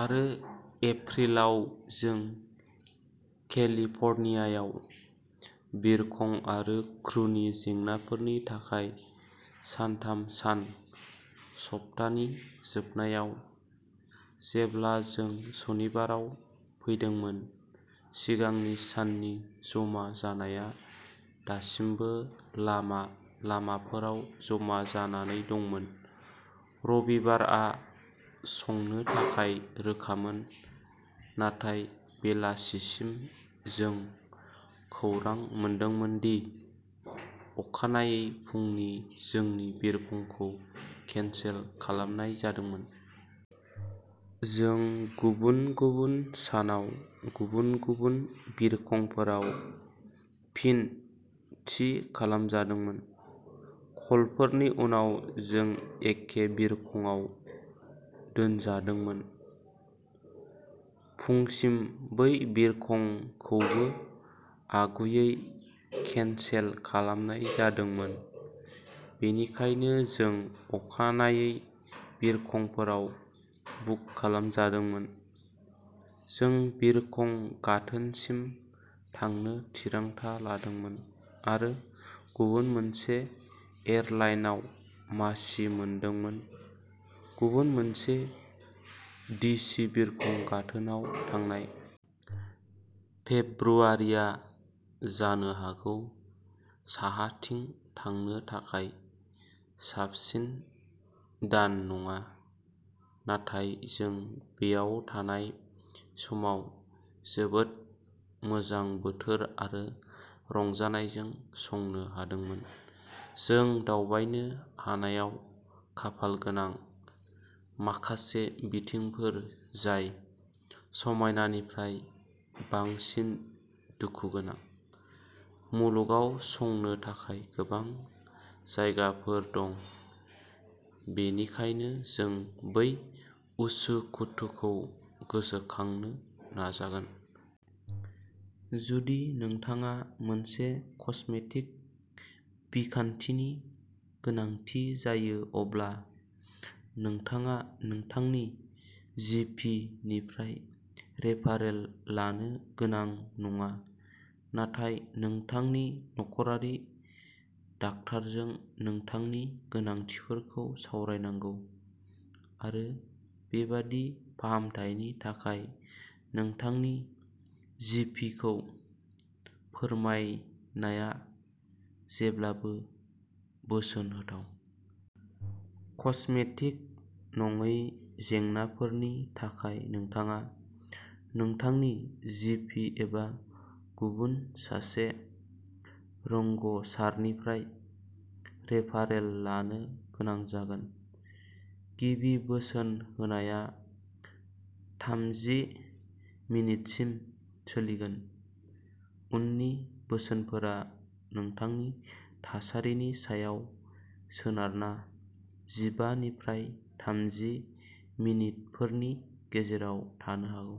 आरो एप्रिलाव जों केलिफर्नियायाव बिरखं आरो क्रुनि जेंनाफोरनि थाखाय सानथाम सान सप्तानि जोबनायाव। जेब्ला जों सनिबाराव सौफैदोंमोन सिगांनि साननि जमा जानाया दासिमबो लामा लामाफोराव जमा जानानै दंमोन। रबिबारआ संनो थाखाय रोखामोन नाथाय बेलासिसिम जों खौरां मोनदोंमोनदि अखानायै फुंनि जोंनि बिरखंखौ केनसेल खालामनाय जादोंमोन। जों गुबुन गुबुन सानाव गुबुन गुबुन बिरखंफोराव फिन थि खालामजादोंमोन। कलफोरनि उनाव जों एखे बिरखंआव दोनजादोंमोन। फुंसिम बै बिरखंखौबो आगुयै केनसेल खालामनाय जादोंमोन बेनिखायनो जों अखानायै बिरखंफोराव बुक खालामजादोंमोन। जों बिरखं गाथोनसिम थांनो थिरांथा लादोंमोन आरो गुबुन मोनसे एयारलाइनआव मासि मोनदोंमोन गुबुन मोनसे डिसि बिरखं गाथोनआव थांनाय। फेब्रुआरिआ जानो हागौ साहाथिं थांनो थाखाय साबसिन दान नङा नाथाय जों बेवहाय थानाय समाव जोबोद मोजां बोथोर आरो रंजानायजों संनो हादोंमोन। जों दावबायनो हानायाव खाफालगोनां माखासे बिथिंफोर जाय समायनानिफ्राय बांसिन दुखु गोनां। मुलुगाव संनो थाखाय गोबां जायगाफोर दं बेनिखायनो जों बै उसुखुथुखौ गोसोखांनो नाजागोन। जुदि नोंथाङा मोनसे कस्मेटिक बिखान्थिनि गोनांथि जायो अब्ला नोंथाङा नोंथांनि जि पि निफ्राय रेफारेल लानो गोनां नङा नाथाय नोंथांनि न'खरारि डाक्टारजों नोंथांनि गोनांथिफोरखौ सावरायनांगौ आरो बेबादि फाहामथायनि थाखाय नोंथांनि जि पि खौ फोरमायनाया जेब्लाबो बोसोन होथाव। कस्मेटिक नङै जेंनाफोरनि थाखाय नोंथाङा नोंथांनि जि पि एबा गुबुन सासे रोंग'सारनिफ्राय रेफारेल लानो गोनां जागोन। गिबि बोसोन होनाया थामजि मिनिटसिम सोलिगोन। उननि बोसोनफोरा नोंथांनि थासारिनि सायाव सोनारना जिबा निफ्राय थामजि मिनिटफोरनि गेजेराव थानो हागौ।